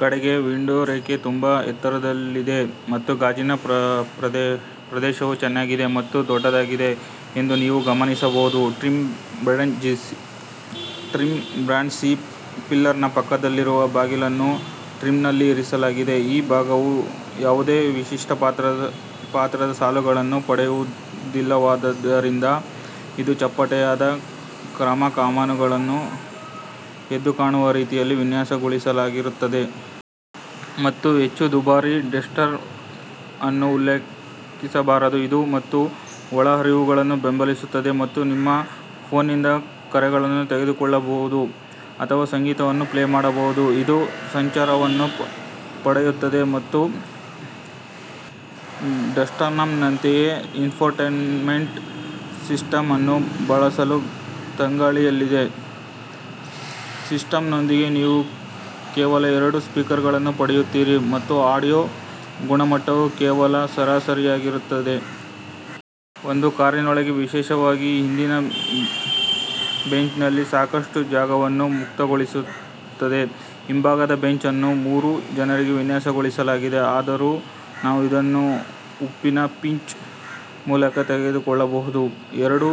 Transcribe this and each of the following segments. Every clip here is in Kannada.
ಕಡೆಗೆ, ವಿಂಡೋ ರೇಖೆ ತುಂಬಾ ಎತ್ತರದಲ್ಲಿದೆ ಮತ್ತು ಗಾಜಿನ ಪ್ರದೇಶವು ಚೆನ್ನಾಗಿದೆ ಮತ್ತು ದೊಡ್ಡದಾಗಿದೆ ಎಂದು ನೀವು ಗಮನಿಸಬಹುದು. ಟ್ರಿಮ್ ಬ್ಯಾಡ್ಜ್ ಸಿ-ಪಿಲ್ಲರ್ನ ಪಕ್ಕದಲ್ಲಿರುವ ಬಾಗಿಲನ್ನು ಟ್ರಿಮ್ನಲ್ಲಿ ಇರಿಸಲಾಗಿದೆ. ಈ ಭಾಗವು ಯಾವುದೇ ವಿಶಿಷ್ಟ ಪಾತ್ರದ ಸಾಲುಗಳನ್ನು ಪಡೆಯುವುದಿಲ್ಲವಾದ್ದರಿಂದ, ಇದು ಚಪ್ಪಟೆಯಾದ ಚಕ್ರ ಕಮಾನುಗಳನ್ನು ಎದ್ದುಕಾಣುವ ರೀತಿಯಲ್ಲಿ ವಿನ್ಯಾಸಗೊಳಿಸಲಾಗಿರುತ್ತದೆ. ಮತ್ತು ಹೆಚ್ಚು ದುಬಾರಿ, ಡಸ್ಟರ್ ಅನ್ನು ಉಲ್ಲೇಖಿಸಬಾರದು. ಇದು ಮತ್ತು ಒಳಹರಿವುಗಳನ್ನು ಬೆಂಬಲಿಸುತ್ತದೆ ಮತ್ತು ನಿಮ್ಮ ಫೋನ್ನಿಂದ ಕರೆಗಳನ್ನು ತೆಗೆದುಕೊಳ್ಳಬಹುದು ಅಥವಾ ಸಂಗೀತವನ್ನು ಪ್ಲೇ ಮಾಡಬಹುದು. ಇದು ಸಂಚಾರವನ್ನು ಪಡೆಯುತ್ತದೆ ಮತ್ತು ಡಸ್ಟರ್ನಂತೆಯೇ, ಇನ್ಫೋಟೈನ್ಮೆಂಟ್ ಸಿಸ್ಟಮ್ ಅನ್ನು ಬಳಸಲು ತಂಗಾಳಿಯಲ್ಲಿದೆ. ಸಿಸ್ಟಂನೊಂದಿಗೆ ನೀವು ಕೇವಲ ಎರಡು ಸ್ಪೀಕರ್ಗಳನ್ನು ಪಡೆಯುತ್ತೀರಿ ಮತ್ತು ಆಡಿಯೋ ಗುಣಮಟ್ಟವು ಕೇವಲ ಸರಾಸರಿಯಾಗಿರುತ್ತದೆ. ಇದು ಕಾರಿನೊಳಗೆ, ವಿಶೇಷವಾಗಿ ಹಿಂದಿನ ಬೆಂಚ್ನಲ್ಲಿ ಸಾಕಷ್ಟು ಜಾಗವನ್ನು ಮುಕ್ತಗೊಳಿಸುತ್ತದೆ. ಹಿಂಭಾಗದ ಬೆಂಚ್ ಅನ್ನು ಮೂರು ಜನರಿಗೆ ವಿನ್ಯಾಸಗೊಳಿಸಲಾಗಿದೆ, ಆದರೂ ನಾವು ಅದನ್ನು ಉಪ್ಪಿನ ಪಿಂಚ್ ಮೂಲಕ ತೆಗೆದುಕೊಳ್ಳಬಹುದು. ಎರಡು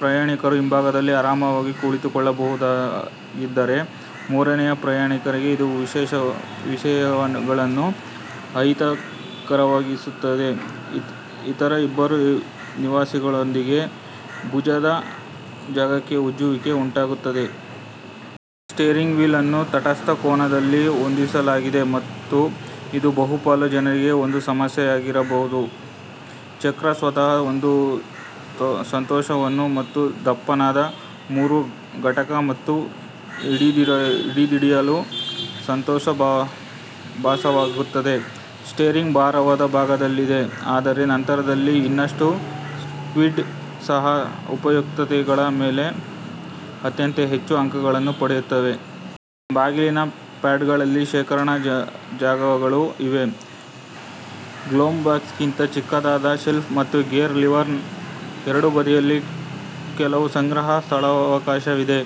ಪ್ರಯಾಣಿಕರು ಹಿಂಭಾಗದಲ್ಲಿ ಆರಾಮವಾಗಿ ಕುಳಿತುಕೊಳ್ಳಬಹುದಾಗಿದ್ದರೆ, ಮೂರನೆಯ ಪ್ರಯಾಣಿಕರಿಗೆ ಇದು ವಿಷಯಗಳನ್ನು ಅಹಿತಕರವಾಗಿಸುತ್ತದೆ ಇತರ ಇಬ್ಬರು ನಿವಾಸಿಗಳೊಂದಿಗೆ ಭುಜದ ಜಾಗಕ್ಕೆ ಉಜ್ಜುವಿಕೆ ಉಂಟಾಗುತ್ತದೆ. ಸ್ಟೀರಿಂಗ್ ವೀಲ್ ಅನ್ನು ತಟಸ್ಥ ಕೋನದಲ್ಲಿ ಹೊಂದಿಸಲಾಗಿದೆ ಮತ್ತು ಇದು ಬಹುಪಾಲು ಜನರಿಗೆ ಒಂದು ಸಮಸ್ಯೆಯಾಗಿರಬಾರದು. ಚಕ್ರ ಸ್ವತಃ ಒಂದು ಸಂತೋಷವನ್ನು ಮತ್ತು ದಪ್ಪನಾದ ಮೂರು ಘಟಕ ಮತ್ತು ಹಿಡಿದಿಡಲು ಸಂತೋಷ ಭಾಸವಾಗುತ್ತದೆ. ಸ್ಟೀರಿಂಗ್ ಭಾರವಾದ ಭಾಗದಲ್ಲಿದೆ, ಆದರೆ ನಂತರದಲ್ಲಿ ಇನ್ನಷ್ಟು. ಕ್ವಿಡ್ ಸಹ ಉಪಯುಕ್ತತೆಗಳ ಮೇಲೆ ಅತ್ಯಂತ ಹೆಚ್ಚು ಅಂಕಗಳನ್ನು ಪಡೆಯುತ್ತವೆ. ಬಾಗಿಲಿನ ಪ್ಯಾಡ್ಗಳಲ್ಲಿ ಶೇಖರಣಾ ಜಾಗಗಳು ಇವೆ, ಗ್ಲೋವ್ಬಾಕ್ಸ್ಗಿಂತ ಚಿಕ್ಕದಾದ ಶೆಲ್ಫ್ ಮತ್ತು ಗೇರ್ ಲಿವರ್ನ ಎರಡೂ ಬದಿಯಲ್ಲಿ ಕೆಲವು ಸಂಗ್ರಹ ಸ್ಥಳಾವಕಾಶವಿದೆ.